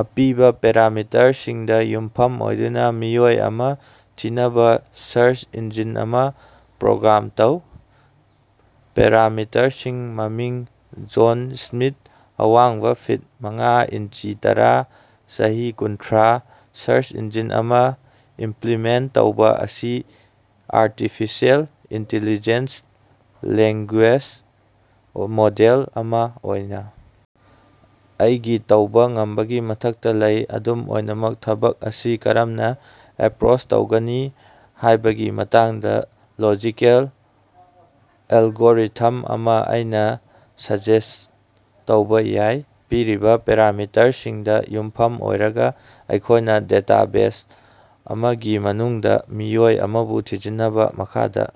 ꯑꯄꯤꯕ ꯄꯦꯔꯥꯃꯤꯇꯔꯁꯤꯡꯗ ꯌꯨꯝꯐꯝ ꯑꯣꯏꯗꯨꯅ ꯃꯤꯑꯣꯏ ꯑꯃ ꯊꯤꯅꯕꯥ ꯁꯔꯆ ꯏꯟꯖꯤꯟ ꯑꯃ ꯄ꯭ꯔꯣꯒ꯭ꯔꯥꯝ ꯇꯧ꯫ ꯄꯦꯔꯥꯃꯤꯇꯔꯁꯤꯡ - ꯃꯃꯤꯡ, ꯖꯣꯟ ꯁ꯭ꯃꯤꯊ, ꯑꯋꯥꯡꯕ-ꯐꯤꯠ ꯃꯉꯥ ꯏꯟꯆꯤ ꯇꯔꯥ, ꯆꯍꯤ-ꯀꯨꯟꯊ꯭ꯔꯥ꯫ ꯁꯔꯆ ꯏꯟꯖꯤꯟ ꯑꯃ ꯏꯝꯄ꯭ꯂꯤꯃꯦꯟꯇ ꯇꯧꯕ ꯑꯁꯤ ꯑꯥꯔꯇꯤꯐꯤꯁꯤꯑꯦꯜ ꯏꯟꯇꯤꯂꯤꯖꯦꯟꯁ ꯂꯦꯡꯒꯨꯌꯦꯖ ꯃꯣꯗꯦꯜ ꯑꯃ ꯑꯣꯏꯅ ꯑꯩꯒꯤ ꯇꯧꯕ ꯉꯝꯕꯒꯤ ꯃꯊꯛꯇ ꯂꯩ꯫ ꯑꯗꯨꯝ ꯑꯣꯏꯅꯃꯛ, ꯊꯕꯛ ꯑꯁꯤ ꯀꯔꯝꯅ ꯑꯦꯄ꯭ꯔꯣꯆ ꯇꯧꯒꯅꯤ ꯍꯥꯏꯕꯒꯤ ꯃꯇꯥꯡꯗ ꯂꯣꯖꯤꯀꯦꯜ ꯑꯦꯜꯒꯣꯔꯤꯊꯝ ꯑꯃ ꯑꯩꯅ ꯁꯖꯦꯁ꯭ꯠ ꯇꯧꯕ ꯌꯥꯏ꯫ ꯄꯤꯔꯤꯕ ꯄꯦꯔꯥꯃꯤꯇꯔꯁꯤꯡꯗ ꯌꯨꯝꯐꯝ ꯑꯣꯏꯔꯒ, ꯑꯩꯈꯣꯏꯅ ꯗꯦꯇꯥꯕꯦꯖ ꯑꯃꯒꯤ ꯃꯅꯨꯡꯗ ꯃꯤꯑꯣꯏ ꯑꯃꯕꯨ ꯊꯤꯖꯤꯟꯅꯕ ꯃꯈꯥꯗ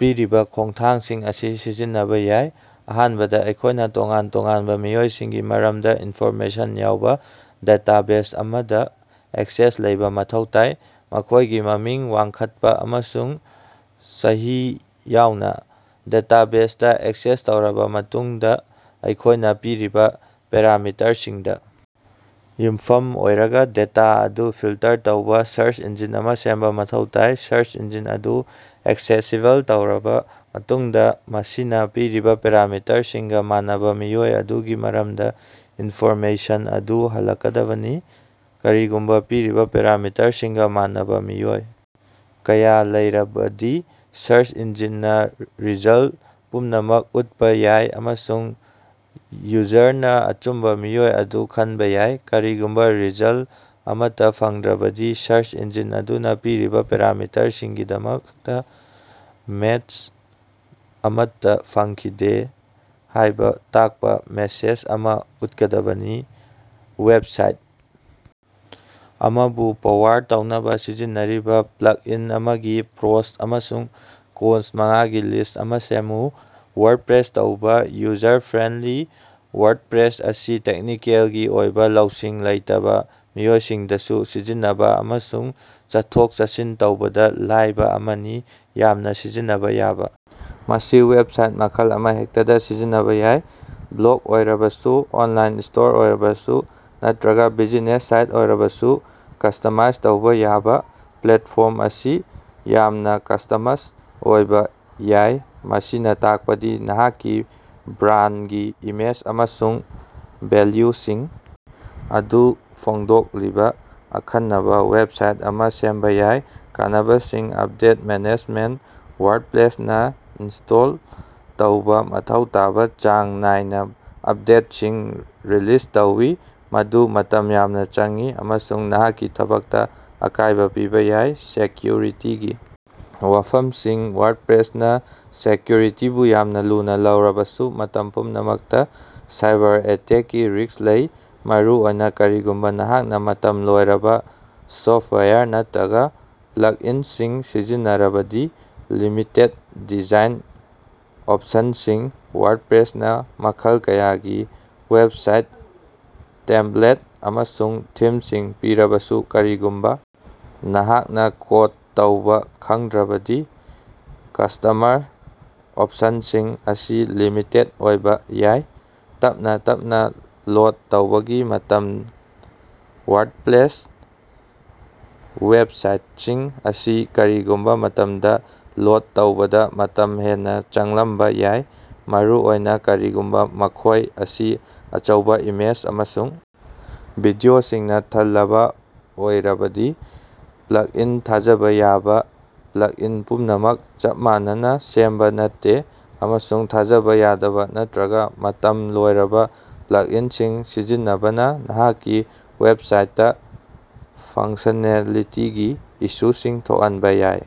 ꯄꯤꯔꯤꯕ ꯈꯣꯡꯊꯥꯡꯁꯤꯡ ꯑꯁꯤ ꯁꯤꯖꯤꯟꯅꯕ ꯌꯥꯏ꯫ ꯑꯍꯥꯟꯕꯗ, ꯑꯩꯈꯣꯏꯅ ꯇꯣꯉꯥꯟ ꯇꯣꯉꯥꯟꯕ ꯃꯤꯑꯣꯏꯁꯤꯡꯒꯤ ꯃꯔꯝꯗ ꯏꯟꯐꯣꯔꯃꯦꯁꯟ ꯌꯥꯎꯕ ꯗꯦꯇꯥꯕꯦꯖ ꯑꯃꯗ ꯑꯦꯛꯁꯦꯁ ꯂꯩꯕ ꯃꯊꯧ ꯇꯥꯏ, ꯃꯈꯣꯏꯒꯤ ꯃꯃꯤꯡ, ꯋꯥꯡꯈꯠꯄ ꯑꯃꯁꯨꯡ ꯆꯍꯤ ꯌꯥꯎꯅ꯫ ꯗꯦꯇꯥꯕꯦꯖ ꯇꯥ ꯑꯦꯛꯁꯦꯁ ꯇꯧꯔꯕꯥ ꯃꯇꯨꯡꯗ ꯑꯩꯈꯣꯏꯅ ꯄꯤꯔꯤꯕ ꯄꯦꯔꯥꯃꯤꯇꯔꯁꯤꯡꯗ ꯌꯨꯝꯐꯝ ꯑꯣꯏꯔꯒ ꯗꯦꯇꯥ ꯑꯗꯨ ꯐꯤꯜꯇꯔ ꯇꯧꯕ ꯁꯥꯔꯆ ꯏꯟꯖꯤꯟ ꯑꯃ ꯁꯦꯝꯕ ꯃꯊꯧ ꯇꯥꯏ꯫ ꯁꯥꯔꯆ ꯏꯟꯖꯤꯟ ꯑꯗꯨ ꯑꯦꯛꯁꯦꯁꯤꯕꯜ ꯇꯧꯔꯕ ꯃꯇꯨꯡꯗ, ꯃꯁꯤꯅ ꯄꯤꯔꯤꯕ ꯄꯦꯔꯥꯃꯤꯇꯔꯁꯤꯡꯒ ꯃꯥꯟꯅꯕꯥ ꯃꯤꯑꯣꯏ ꯑꯗꯨꯒꯤ ꯃꯔꯝꯗ ꯏꯟꯐꯣꯔꯃꯦꯁꯟ ꯑꯗꯨ ꯍꯜꯂꯛꯀꯗꯕꯅꯤ꯫ ꯀꯔꯤꯒꯨꯝꯕ ꯄꯤꯔꯤꯕ ꯄꯦꯔꯥꯃꯤꯇꯔꯁꯤꯡꯒ ꯃꯥꯟꯅꯕꯥ ꯃꯤꯑꯣꯏ ꯀꯌꯥ ꯂꯩꯔꯕꯗꯤ, ꯁꯔꯆ ꯏꯟꯖꯤꯟꯅ ꯔꯤꯖꯜꯇ ꯄꯨꯝꯅꯃꯛ ꯎꯠꯄ ꯌꯥꯏ ꯑꯃꯁꯨꯡ ꯌꯨꯖꯔꯅ ꯑꯆꯨꯝꯕ ꯃꯤꯑꯣꯏ ꯑꯗꯨ ꯈꯟꯕ ꯌꯥꯏ꯫ ꯀꯔꯤꯒꯨꯝꯕ ꯔꯤꯖꯜꯇ ꯑꯃꯠꯇ ꯐꯪꯗ꯭ꯔꯕꯗꯤ, ꯁꯔꯆ ꯏꯟꯖꯤꯟ ꯑꯗꯨꯅ ꯄꯤꯔꯤꯕ ꯄꯦꯔꯥꯃꯤꯇꯔꯁꯤꯡꯒꯤꯗꯃꯛꯇ ꯃꯦꯆ ꯑꯃꯠꯇ ꯐꯪꯈꯤꯗꯦ ꯍꯥꯏꯕ ꯇꯥꯛꯄ ꯃꯦꯁꯦꯖ ꯑꯃ ꯎꯠꯀꯗꯕꯅꯤ꯫ ꯋꯦꯕꯁꯥꯏꯠ ꯑꯃꯕꯨ ꯄꯥꯋꯔ ꯇꯧꯅꯕꯥ ꯁꯤꯖꯤꯟꯅꯔꯤꯕ ꯄ꯭ꯂꯛꯏꯟ ꯑꯃꯒꯤ ꯄ꯭ꯔꯣꯁ ꯑꯃꯁꯨꯡ ꯀꯣꯟꯁ ꯃꯉꯥꯒꯤ ꯂꯤꯁ꯭ꯠ ꯑꯃ ꯁꯦꯝꯃꯨ꯫ ꯋꯥꯔꯗꯄ꯭ꯔꯦꯁ ꯇꯧꯕ꯫ ꯌꯨꯖꯔ ꯐ꯭ꯔꯦꯟꯗꯂꯤ- ꯋꯥꯔꯗꯄ꯭ꯂꯦꯁ ꯑꯁꯤ ꯇꯦꯛꯅꯤꯀꯦꯜꯒꯤ ꯑꯣꯏꯕ ꯂꯧꯁꯤꯡ ꯂꯩꯇꯕ ꯃꯤꯑꯣꯏꯁꯤꯡꯗꯁꯨ ꯁꯤꯖꯤꯟꯅꯕ ꯑꯃꯁꯨꯡ ꯆꯠꯊꯣꯛ-ꯆꯠꯁꯤꯟ ꯇꯧꯕꯗ ꯂꯥꯏꯕꯥ ꯑꯃꯅꯤ꯫ ꯌꯥꯝꯅ ꯁꯤꯖꯤꯟꯅꯕꯥ ꯌꯥꯕ ꯃꯁꯤ ꯋꯦꯕꯁꯥꯏꯠ ꯃꯈꯜ ꯑꯃꯍꯦꯛꯇꯗꯥ ꯁꯤꯖꯤꯟꯅꯕꯥ ꯌꯥꯏ, ꯕ꯭ꯂꯣꯒ ꯑꯣꯏꯔꯕꯁꯨ, ꯑꯣꯟꯂꯥꯏꯟ ꯁ꯭ꯇꯣꯔ ꯑꯣꯏꯔꯕꯁꯨ, ꯅꯠꯇ꯭ꯔꯒ ꯕꯤꯖꯤꯅꯦꯁ ꯁꯥꯏꯠ ꯑꯣꯏꯔꯕꯁꯨ꯫ ꯀꯁꯇꯃꯥꯏꯖ ꯇꯧꯕ ꯌꯥꯕ ꯄ꯭ꯂꯦꯠꯐꯣꯔꯝ ꯑꯁꯤ ꯌꯥꯝꯅ ꯀꯁꯇꯃꯁ ꯑꯣꯏꯕ ꯌꯥꯏ, ꯃꯁꯤꯅ ꯇꯥꯛꯄꯗꯤ ꯅꯍꯥꯛꯀꯤ ꯕ꯭ꯔꯥꯟꯗꯒꯤ ꯏꯃꯦꯖ ꯑꯃꯁꯨꯡ ꯚꯦꯂ꯭ꯌꯨꯁꯤꯡ ꯑꯗꯨ ꯐꯣꯡꯗꯣꯛꯂꯤꯕ ꯑꯈꯟꯅꯕꯥ ꯋꯦꯕꯁꯥꯏꯠ ꯑꯃ ꯁꯦꯝꯕ ꯌꯥꯏ꯫ ꯀꯥꯟꯅꯕꯁꯤꯡ ꯑꯞꯗꯦꯠ ꯃꯦꯅꯦꯖꯃꯦꯟꯇ ꯋꯥꯔꯗꯄ꯭ꯂꯦꯁꯅꯥ ꯏꯟꯁ꯭ꯇꯣꯜ ꯇꯧꯕ ꯃꯊꯧ ꯇꯥꯕ ꯆꯥꯡ ꯅꯥꯏꯅ ꯑꯞꯗꯦꯠꯁꯤꯡ ꯔꯤꯂꯤꯖ ꯇꯧꯏ, ꯃꯗꯨ ꯃꯇꯝ ꯌꯥꯝꯅ ꯆꯪꯏ ꯑꯃꯁꯨꯡ ꯅꯍꯥꯛꯀꯤ ꯊꯕꯛꯇ ꯑꯀꯥꯏꯕ ꯄꯤꯕ ꯌꯥꯏ꯫ ꯁꯦꯀ꯭ꯌꯨꯔꯤꯇꯤꯒꯤ ꯋꯥꯐꯝꯁꯤꯡ ꯋꯥꯔꯗꯄ꯭ꯔꯦꯁꯅꯥ ꯁꯦꯀ꯭ꯌꯨꯔꯤꯇꯤꯕꯨ ꯌꯥꯝꯅ ꯂꯨꯅ ꯂꯧꯔꯕꯁꯨ, ꯃꯇꯝ ꯄꯨꯝꯅꯃꯛꯇ ꯁꯥꯏꯕꯔ-ꯑꯦꯇꯦꯛꯀꯤ ꯔꯤꯁ꯭ꯛ ꯂꯩ, ꯃꯔꯨꯑꯣꯏꯅ ꯀꯔꯤꯒꯨꯝꯕ ꯅꯍꯥꯛꯅ ꯃꯇꯝ ꯂꯣꯏꯔꯕꯥ ꯁꯣꯐꯇꯋꯥꯌꯔ ꯅꯠꯇ꯭ꯔꯒ ꯄ꯭ꯂꯛꯏꯟꯁꯤꯡ ꯁꯤꯖꯤꯟꯅꯔꯕꯗꯤ꯫ ꯂꯤꯃꯤꯇꯦꯗ ꯗꯤꯖꯥꯏꯟ ꯑꯣꯞꯁꯟꯁꯤꯡ ꯋꯥꯔꯗꯄ꯭ꯔꯦꯁꯅꯥ ꯃꯈꯜ ꯀꯌꯥꯒꯤ ꯋꯦꯕꯁꯥꯏꯠ ꯇꯦꯝꯄ꯭ꯂꯦꯠ ꯑꯃꯁꯨꯡ ꯊꯤꯝꯁꯤꯡ ꯄꯤꯔꯕꯁꯨ, ꯀꯔꯤꯒꯨꯝꯕ ꯅꯍꯥꯛꯅ ꯀꯣꯗ ꯇꯧꯕ ꯈꯪꯗ꯭ꯔꯕꯗꯤ ꯀꯁꯇꯃꯔ ꯑꯣꯞꯁꯟꯁꯤꯡ ꯑꯁꯤ ꯂꯤꯃꯤꯇꯦꯗ ꯑꯣꯏꯕ ꯌꯥꯏ꯫ ꯇꯞꯅꯥ ꯇꯞꯅꯥ ꯂꯣꯗ ꯇꯧꯕꯒꯤ ꯃꯇꯝ ꯋꯥꯔꯗꯄ꯭ꯂꯦꯁ ꯋꯦꯕꯁꯥꯏꯇꯁꯤꯡ ꯑꯁꯤ ꯀꯔꯤꯒꯨꯝꯕ ꯃꯇꯝꯗ ꯂꯣꯗ ꯇꯧꯕꯗꯥ ꯃꯇꯝ ꯍꯦꯟꯅ ꯆꯪꯂꯝꯕ ꯌꯥꯏ, ꯃꯔꯨꯑꯣꯏꯅ ꯀꯔꯤꯒꯨꯝꯕ ꯃꯈꯣꯏ ꯑꯁꯤ ꯑꯆꯧꯕ ꯏꯃꯦꯖ ꯑꯃꯁꯨꯡ ꯚꯤꯗꯤꯑꯣꯁꯤꯡꯅ ꯊꯜꯂꯕ ꯑꯣꯏꯔꯕꯗꯤ꯫ ꯄ꯭ꯂꯛꯏꯟ ꯊꯥꯖꯕ ꯌꯥꯕ - ꯄ꯭ꯂꯛꯏꯟ ꯄꯨꯝꯅꯃꯛ ꯆꯞ ꯃꯥꯟꯅꯅꯥ ꯁꯦꯝꯕ ꯅꯠꯇꯦ, ꯑꯃꯁꯨꯡ ꯊꯥꯖꯕ ꯌꯥꯗꯕ ꯅꯠꯇꯔꯒ ꯃꯇꯝ ꯂꯣꯏꯔꯕ ꯄ꯭ꯂꯛꯏꯟꯁꯤꯡ ꯁꯤꯖꯤꯟꯅꯕꯅꯥ ꯅꯍꯥꯛꯀꯤ ꯋꯦꯕꯁꯥꯏꯇꯇꯥ ꯐꯪꯛꯁꯅꯦꯂꯤꯇꯤꯒꯤ ꯏꯁꯨꯁꯤꯡ ꯊꯣꯛꯍꯟꯕ ꯌꯥꯏ꯫